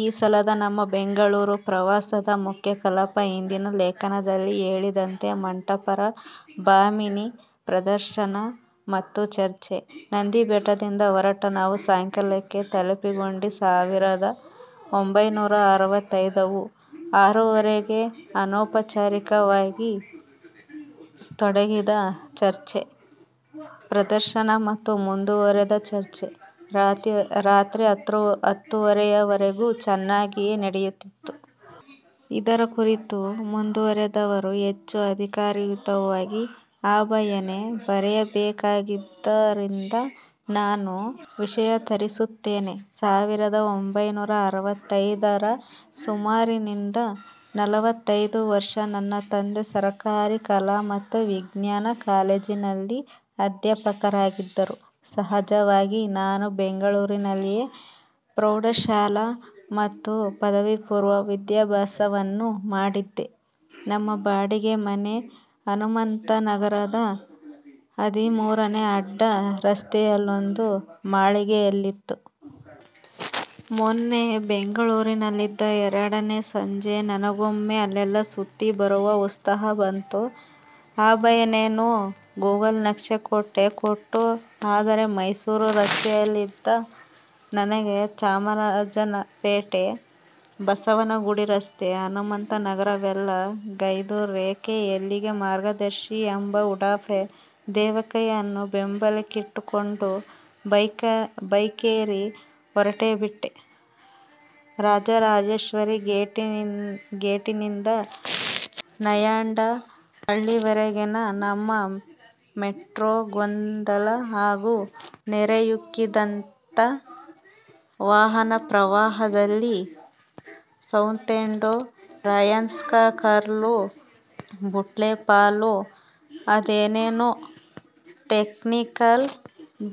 ಈ ಸಲದ ನಮ್ಮ ಬೆಂಗಳೂರು ಪ್ರವಾಸದ ಮುಖ್ಯ ಕಲಾಪ ಹಿಂದಿನ ಲೇಖನದಲ್ಲಿ ಹೇಳಿದಂತೆ ಮಂಟಪರ 'ಭಾಮಿನಿ' ಪ್ರದರ್ಶನ ಮತ್ತು ಚರ್ಚೆ. ನಂದಿ ಬೆಟ್ಟದಿಂದ ಹೊರಟ ನಾವು ಸಕಾಲಕ್ಕೆ ತಲಪಿಕೊಂಡೆಸಾವಿರದ ಒಂಭೈನೂರ ಅರವತ್ತೈದವು. ಆರೂವರೆಗೇ ಅನೌಪಚಾರಿಕವಾಗಿ ತೊಡಗಿದ ಚರ್ಚೆ, ಪ್ರದರ್ಶನ ಮತ್ತು ಮುಂದುವರಿದ ಚರ್ಚೆ ರಾತ್ರಿ ಹತ್ತೂವರೆಯವರೆಗೂ ಚೆನ್ನಾಗಿಯೇ ನಡೆಯಿತು. ಇದರ ಕುರಿತು ಮುಂದೆಂದಾದರೂ ಹೆಚ್ಚು ಅಧಿಕಾರಯುತವಾಗಿ ಅಭಯನೇ ಬರೆಯಬೇಕಾದ್ದರಿಂದ ನಾನು ವಿಷಯಾಂತರಿಸುತ್ತೇನೆ. ಸಾವಿರದ ಒಂಭೈನೂರ ಅರವತ್ತೈದರ ಸುಮಾರಿನಿಂದ ನಾಲ್ಕೈದು ವರ್ಷ ನನ್ನ ತಂದೆ ಸರಕಾರೀ ಕಲಾ ಮತ್ತು ವಿಜ್ಞಾನ ಕಾಲೇಜಿನಲ್ಲಿ ಅಧ್ಯಾಪಕರಾಗಿದ್ದರು. ಸಹಜವಾಗಿ ನಾನು ಬೆಂಗಳೂರಿನಲ್ಲೇ ಪ್ರೌಢಶಾಲಾ ಮತ್ತು ಪದವಿಪೂರ್ವ ವಿದ್ಯಾಭ್ಯಾಸವನ್ನು ಮಾಡಿದ್ದೆ. ನಮ್ಮ ಬಾಡಿಗೆ ಮನೆ ಹನುಮಂತನಗರದ ಹದಿಮೂರನೇ ಅಡ್ಡ ರಸ್ತೆಯಲ್ಲೊಂದು ಮಾಳಿಗೆಯಲ್ಲಿತ್ತು. ಮೊನ್ನೆ ಬೆಂಗಳೂರಲ್ಲಿದ್ದ ಎರಡನೇ ಸಂಜೆ ನನಗೊಮ್ಮೆ ಅಲ್ಲೆಲ್ಲಾ ಸುತ್ತಿ ಬರುವ ಉತ್ಸಾಹ ಬಂತು. ಅಭಯನೇನೋ ಗೂಗಲ್ ನಕ್ಷೆ ಕೊಟ್ಟೇ ಕೊಟ್ಟ. ಆದರೆ ಮೈಸೂರು ರಸ್ತೆಯಲ್ಲಿದ್ದ ನನಗೆ, ಚಾಮರಾಜಪೇಟೆ, ಬಸವನಗುಡಿರಸ್ತೆ, ಹನುಮಂತನಗರವೆಲ್ಲ "ಅಂಗೈ ರೇಖೆ, ಎಲ್ಲಿಗೆ ಮಾರ್ಗದರ್ಶಿ" ಎಂಬ ಉಡಾಫೆ. ದೇವಕಿಯನ್ನು ಬೆಂಬಲಕ್ಕಿಟ್ಟುಕೊಂಡು ಬೈಕೇರಿ ಹೊರಟೇಬಿಟ್ಟೆ. ರಾಜರಾಜೇಶ್ವರಿ ಗೇಟಿನಿಂದ ನಾಯಂಡ ಹಳ್ಳಿವರೆಗಿನ 'ನಮ್ಮ ಮೆಟ್ರೋ' ಗೊಂದಲ ಹಾಗೂ ನೆರೆಯುಕ್ಕಿದಂಥ ವಾಹನಪ್ರವಾಹದಲ್ಲಿ 'ಸೌತೆಂಡೂ, ರಾಯನ್ಸರ್ಕಲ್ಲೂ, ಬುಲ್ಟೆಂಪಲ್ಲೂ' ಎಂದೇನೇನೋ 'ಟೆಕ್ನಿಕಲ್'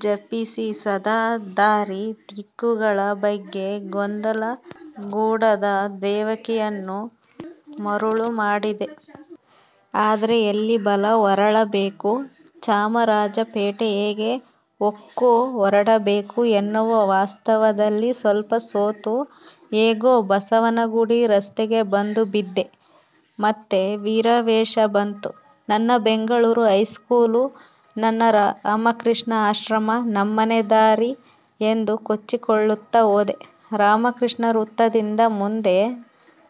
ಜಪಿಸಿ, ಸದಾ ದಾರಿ, ದಿಕ್ಕುಗಳ ಬಗ್ಗೆ ಗೊಂದಲಗೂಡಾದ ದೇವಕಿಯನ್ನು ಮರುಳು ಮಾಡಿದೆ. ಆದರೆ ಎಲ್ಲಿ ಬಲ ಹೊರಳಬೇಕು, ಚಾಮರಾಜಪೇಟೆ ಹೇಗೆ ಹೊಕ್ಕುಹೊರಡಬೇಕು ಎನ್ನುವ ವಾಸ್ತವದಲ್ಲಿ ಸ್ವಲ್ಪ ಸೋತು, ಹೇಗೋ ಬಸವನಗುಡಿ ರಸ್ತೆಗೆ ಬಂದುಬಿದ್ದೆ. ಮತ್ತೆ ವೀರಾವೇಶ ಬಂತು. 'ನನ್ನ ಬೆಂಗಳೂರು ಹೈಸ್ಕೂಲು, ನನ್ನ ರಾಮಕೃಷ್ಣ ಆಶ್ರಮ, ನಮ್ಮನೆ ದಾರಿ' ಎಂದು ಕೊಚ್ಚಿಕೊಳ್ಳುತ್ತ ಹೋದೆ. ರಾಮಕೃಷ್ಣ ವೃತ್ತದಿಂದ ಮುಂದೆ,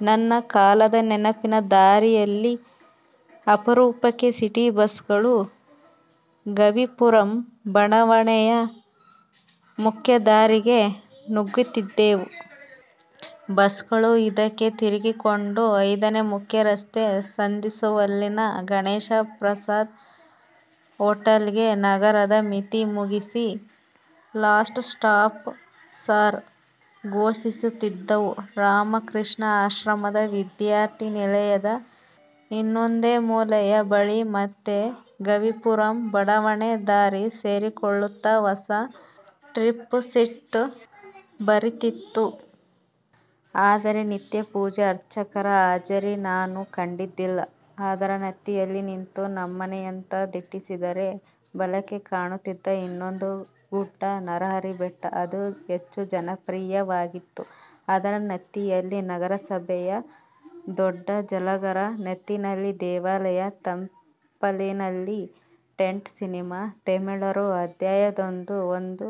ನನ್ನ ಕಾಲದ ನೆನಪಿನ ದಾರಿಯಲ್ಲಿ, ಅಪರೂಪಕ್ಕೆ ಸಿಟಿ ಬಸ್ಸುಗಳು, ಗವೀಪುರಂ ಬಡಾವಣೆಯ ಮುಖ್ಯ ದಾರಿಗೆ ನುಗ್ಗುತ್ತಿದ್ದವು. ಬಸ್ಸುಗಳು ಇದಕ್ಕೆ ತಿರುಗಿಕೊಂಡು, ಐದನೇ ಮುಖ್ಯ ರಸ್ತೆ ಸಂಧಿಸುವಲ್ಲಿನ ಗಣೇಶ ಪ್ರಸಾದ್ ಹೋಟೆಲ್ಗೆ ನಗರದ ಮಿತಿ ಮುಗಿಸಿ, 'ಲಾಸ್ಟ್ ಸ್ಟಾಪ್ ಸಾರ್' ಘೋಷಿಸುತ್ತಿದ್ದುವು. ರಾಮ ಕೃಷ್ಣ ಆಶ್ರಮದ ವಿದ್ಯಾರ್ಥಿ ನಿಲಯದ ಇನ್ನೊಂದೇ ಮೂಲೆಯ ಬಳಿ ಮತ್ತೆ ಗವೀಪುರಂ ಬಡಾವಣೇ ದಾರಿ ಸೇರಿಕೊಳ್ಳುತ್ತಾ ಹೊಸ 'ಟ್ರಿಪ್ ಶೀಟ್' ಬರೀತಿತ್ತು. ಆದರೆ ನಿತ್ಯ ಪೂಜೆ, ಅರ್ಚಕರ ಹಾಜರಿ ನಾನು ಕಂಡದ್ದಿಲ್ಲ. ಅದರ ನೆತ್ತಿಯಲ್ಲಿ ನಿಂತು ನಮ್ಮನೆಯತ್ತ ದಿಟ್ಟಿಸಿದರೆ ಬಲಕ್ಕೆ ಕಾಣುತ್ತಿದ್ದ ಇನ್ನೊಂದು ಗುಡ್ಡ ನರಹರಿಬೆಟ್ಟ. ಅದು ಹೆಚ್ಚು 'ಜನಪ್ರಿಯ'ವಾಗಿತ್ತು. ಅದರ ನೆತ್ತಿಯಲ್ಲಿ ನಗರಸಭೆಯ ದೊಡ್ಡ ಜಲಾಗಾರ, ಒತ್ತಿನಲ್ಲಿ ದೇವಾಲಯ, ತಪ್ಪಲಿನಲ್ಲಿ ಟೆಂಟ್ ಸಿನಿಮಾ. ತಮಿಳರು ಅದ್ಯಾವುದೋ ಒಂದು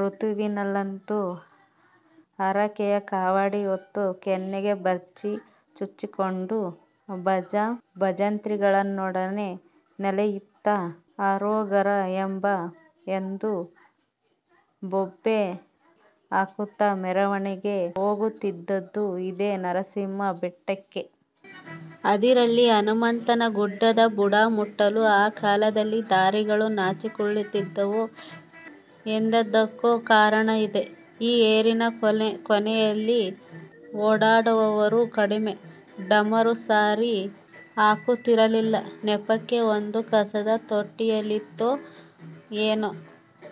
ಋತುವಿನಲ್ಲಂತೂ ಹರಕೆಯ ಕಾವಡಿ ಹೊತ್ತು, ಕೆನ್ನೆಗೆ ಭರ್ಚಿ ಚುಚ್ಚಿಕೊಂಡು, ಭಾಜಾ ಭಜಂತ್ರಿಗಳೊಡನೆ ನಲಿಯುತ್ತ, 'ಹರೋಗರ' ಎಂದು ಬೊಬ್ಬೆ ಹಾಕುತ್ತ ಮೆರವಣಿಗೆ ಹೋಗುತ್ತಿದ್ದುದು ಇದೇ ನರಸಿಂಹ ಬೆಟ್ಟಕ್ಕೆ. ಅದಿರಲಿ, ಹನುಮಂತನ ಗುಡ್ಡದ ಬುಡ ಮುಟ್ಟಲು ಆ ಕಾಲದಲ್ಲಿ ದಾರಿಗಳು ನಾಚಿಕೊಳ್ಳುತ್ತಿದ್ದುವು ಎಂದದ್ದಕ್ಕೂ ಕಾರಣ ಇದೆ. ಆ ಏರಿನ ಕೊನೆಯಲ್ಲಿ ಓಡಾಡುವವರೂ ಕಡಿಮೆ, ಡಾಮರೂ ಸರಿ ಹಾಕುತ್ತಿರಲಿಲ್ಲ. ನೆಪಕ್ಕೆ ಒಂದು ಕಸದ ತೊಟ್ಟಿಯಿತ್ತೋ ಏನೋ.